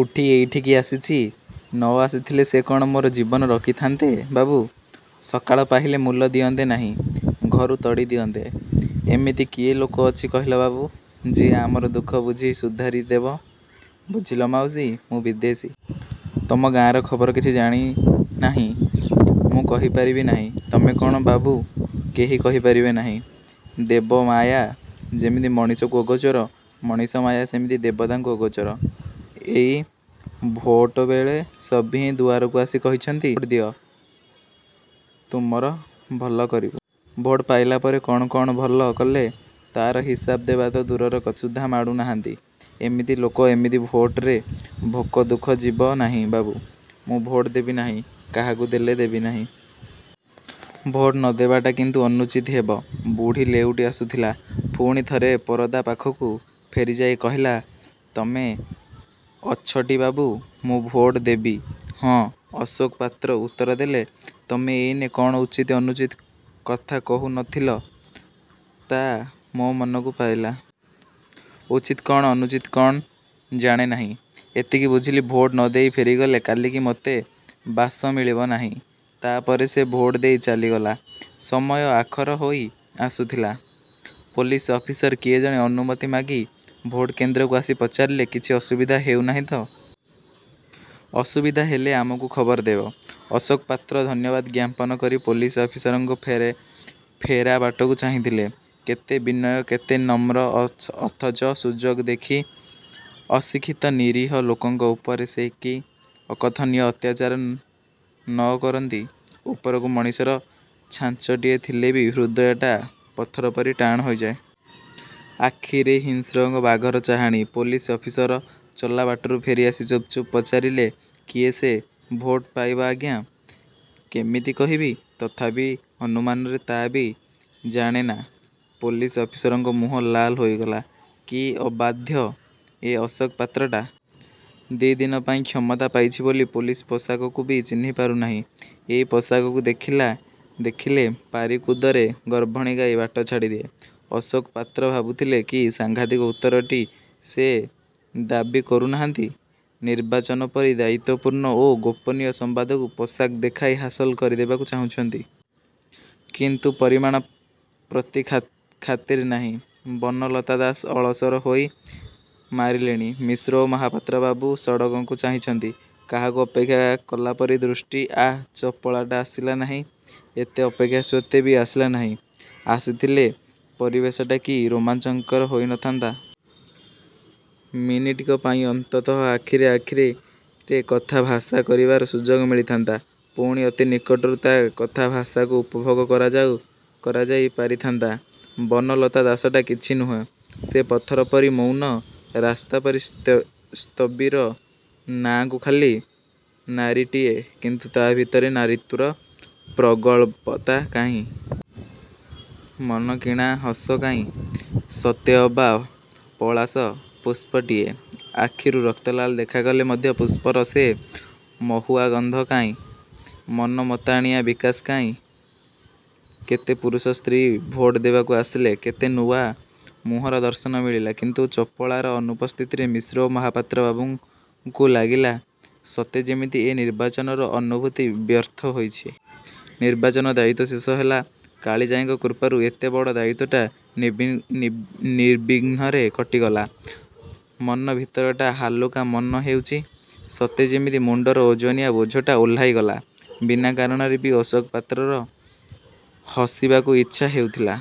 ଉଠି ଏଇଠିକି ଆସିଛି। ନ ଆସିଥିଲେ ସେ କଣ ମୋର ଜୀବନ ରଖିଥାଆନ୍ତେ ବାବୁ। ସକାଳ ପାହିଲେ ମୂଲ ଦିଅନ୍ତେ ନାହିଁ। ଘରୁ ତଡ଼ି ଦିଅନ୍ତେ। ଏମିତି କିଏ ଲୋକ ଅଛି କହିଲ ବାବୁ, ଯିଏ ଆମର ଦୁଃଖ ବୁଝି ସୁଧାରି ଦେବ? ବୁଝିଲ ମାଉସୀ, ମୁଁ ବିଦେଶୀ। ତମ ଗାଁର ଖବର କିଛି ଜାଣି ନାହିଁ। ମୁଁ କହିପାରିବି ନାହିଁ। ତମେ କଣ ବାବୁ କେହି କହିପାରିବ ନାହିଁ! ଦେବ ମାୟା ଯେମିତି ମଣିଷକୁ ଅଗୋଚର, ମଣିଷ ମାୟା ସେମିତି ଦେବତାକୁ ଅଗୋଚର। ଏଇ ଭୋଅଟବେଳେ ସଭିଏଁ ଦୁଆରକୁ ଆସି କହୁଛନ୍ତି, ଭୋଟ ଦିଅ, ତୁମର ଭଲ କରିବୁ। ଭୋଟ ପାଇଲା ପରେ କଣ କଣ ଭଲ କଲେ ତା'ର ହିସାବ ଦେବା ତ ଦୂରର କଥା, ଗାଁ ମାଟି ସୁଦ୍ଧା ମାଡ଼ୁ ନାହାନ୍ତି। ଏମିତି ଲୋକ, ଏମିତି ଭୋଟରେ ଭୋକ, ଦୁଃଖ ଯିବ ନାହିଁ ବାବୁ। ମୁଁ ଭୋଟ ଦେବି ନାହିଁ। କାହାକୁ ହେଲେ ଦେବି ନାହିଁ। ଭୋଟ ନ ଦେବାଟା କିନ୍ତୁ ଅନୁଚିତ ହେବ। ବୁଢ଼ୀ ଲେଉଟି ଆସୁଥିଲା। ପୁଣି ଥରେ ପରଦା ପାଖକୁ ଫେରି ଯାଇ କହିଲା, ତମେ ଅଛଟି ବାବୁ? ମୁଁ ଭୋଟ ଦେବି। ହଁ, ଅଶୋକ ପାତ୍ର ଉତ୍ତର ଦେଲେ। ତମେ ଏଇନେ କଣ ଉଚିତ, ଅନୁଚିତ କଥା କହୁ ନ ଥିଲ, ତା' ମୋ ମନକୁ ପାଇଲା। ଉଚିତ କଣ, ଅନୁଚିତ କଣ ଜାଣେ ନାହିଁ। ଏତିକି ବୁଝିଲି ଭୋଟ ନ ଦେଇ ଫେରିଗଲେ କାଲିକି ମୋତେ ବାସ ମିଳିବ ନାହିଁ। ତା'ପରେ ସେ ଭୋଟ ଦେଇ ଚାଲିଗଲା। ସମୟ ଆଖର ହୋଇ ଆସୁଥିଲା। ପୋଲିସ ଅଫିସର କିଏ ଜଣେ ଅନୁମତି ମାଗି ଭୋଟକେନ୍ଦ୍ରକୁ ଆସି ପଚାରିଲେ, କିଛି ଅସୁବିଧା ହେଉ ନାହିଁ ତ? ଅସୁବିଧା ହେଲେ ଆମକୁ ଖବର ଦେବେ। ଅଶୋକ ପାତ୍ର ଧନ୍ୟବାଦ ଜ୍ଞାପନ କରି ପୋଲିସ ଅଫିସରଙ୍କ ଫେରା ବାଟକୁ ଚାହିଁଥିଲେ। କେତେ ବିନୟ କେତେ ନମ୍ର! ଅଥଚ ସୁଯୋଗ ଦେଖି ଅଶିକ୍ଷିତ, ନିରୀହ ଲୋକଙ୍କ ଉପରେ ସେକି ଅକଥନୀୟ ଅତ୍ୟାଚାର ନ କରନ୍ତି। ଉପରକୁ ମଣିଷର ଛାଞ୍ଚଟିଏ ଥିଲେ ବି ହୃଦୟଟା ପଥର ପରି ଟାଣ ହୋଇଯାଏ। ଆଖିରେ ହିଂସ୍ରୁକ ବାଘର ଚାହାଣୀ! ପୋଲିସ ଅଫିସର ଚଲାବାଟରୁ ଫେରି ଆସି ଚୁପ୍ ଚୁପ୍ ପଚାରିଲେ, କିଏସେ ଭୋଟ ପାଇବ ଆଜ୍ଞା? କେମିତି କହିବି? ତଥାପି, ଅନୁମାନରେ ତା' ବି ଜାଣେ ନା। ପୋଲିସ ଅଫିସରଙ୍କ ମୁହଁ ଲାଲ ହୋଇଗଲା। କି ଅବାଧ୍ୟ ଏ ଅଶୋକ ପାତ୍ରଟା! ଦି'ଦିନପାଇଁ କ୍ଷମତା ପାଇଛି ବୋଲି ପୋଲିସ ପୋଷାକକୁ ବି ଚିହ୍ନି ପାରୁ ନାହିଁ। ଏଇ ପୋଷାକକୁ ଦେଖିଲେ ପାରିକୁଦରେ ଗର୍ଭିଣୀ ଗାଈ ବାଟ ଛାଡ଼ିଦିଏ। ଅଶୋକ ପାତ୍ର ଭାବୁଥିଲେ, କି ସାଂଘାତିକ ଉତ୍ତରଟି ସେ ଦାବୀ କରୁ ନାହାନ୍ତି। ନିର୍ବାଚନ ପରି ଦାୟିତ୍ୱପୂର୍ଣ୍ଣ ଓ ଗୋପନୀୟ ସମ୍ୱାଦକୁ ପୋଷାକ ଦେଖାଇ ହାସଲ କରିଦେବାକୁ ଚାହୁଛନ୍ତି। କିନ୍ତୁ ପରିଣାମ ପ୍ରତି ଖାତିର ନାହିଁ। ବନଲତା ଦାସ ଅଳସର ହାଇ ମାରିଲେଣି। ମିଶ୍ର ଓ ମହାପାତ୍ରବାବୁ ସଡ଼କକୁ ଚାହିଁଛନ୍ତି। କାହାକୁ ଅପେକ୍ଷା କଲାପରି ଦୃଷ୍ଟି। ଆଃ, ଚପଳାଟା ଆସିଲା ନାହିଁ। ଏତେ ଅପେକ୍ଷା ସତ୍ୱେ ବି ଆସିଲା ନାହିଁ। ଆସିଥିଲେ ପରିବେଶଟା କି ରୋମାଞ୍ଚକାର ହୋଇ ନ ଥାନ୍ତା! ମିନିଟିକପାଇଁ ଅନ୍ତତଃ ଆଖିରେ, ଆଖିରେ କଥାଭାଷା କରିବାର ସୁଯୋଗ ମିଳିଥାନ୍ତା। ପୁଣି ଅତି ନିକଟରୁ ତା କଥାଭାଷାକୁ ଉପଭୋଗ କରାଯାଇ ପାରିଥାନ୍ତା। ବନଲତା ଦାସଟା କିଛି ନୁହେଁ। ସେ ପଥରପରି ମୌନ, ରାସ୍ତାପରି ସ୍ଥବିର, ନାଁକୁ ଖାଲି ନାରୀଟିଏ, କିନ୍ତୁ ତା' ଭିତରେ ନାରୀତ୍ୱର ପ୍ରଗଳ୍ଭତା କାହିଁ? ମନକିଣା ହସ କାହିଁ? ସତେ ଅବା ପଲାଶ ପୁଷ୍ପଟିଏ। ଆଖିକୁ ରକ୍ତଲାଲ ଦେଖାଗଲେ ମଧ୍ୟ ପୁଷ୍ପର ସେ ମହୁଆ ଗନ୍ଧ କାହିଁ? ମନ ମତାଣିଆ ବିକାଶ କାହିଁ? କେତେ ପୁରୁଷ ସ୍ତ୍ରୀ–ଭୋଟ ଦେବାକୁ ଆସିଲେ। କେତେ ନୂଆ ମୁହଁର ଦର୍ଶନ ମିଲିଲା-। କିନ୍ତୁ ଚପଳାର ଅନୁପସ୍ଥିତିରେ ମିଶ୍ର ଓ ମହାପାତ୍ର ବାବୁଙ୍କୁ ଲାଗିଲା, ସତେ ଯେମିତି ଏ ନିର୍ବାଚନର ଅନୁଭୂତି ବ୍ୟର୍ଥ ହୋଇଛି। ନିର୍ବାଚନ ଦାୟିତ୍ୱ ଶେଷ ହେଲା। କାଳିଜାଈଙ୍କ କୃପାରୁ ଏତେ ବଡ଼ ଦାୟିତ୍ୱଟା ନିର୍ବିଘ୍ନରେ କଟିଗଲା। ମନ ଭିତରଟା ହାଲୁକା ମନେ ହେଉଛି। ସତେ ଯେମିତି ମୁଣ୍ଡର ଓଜନିଆ ବୋଝଟା ଓହ୍ଲାଇଗଲା। ବିନା କାରଣରେ ବି ଅଶୋକ ପାତ୍ରର ହସିବାକୁ ଇଚ୍ଛା ହେଉଥିଲା।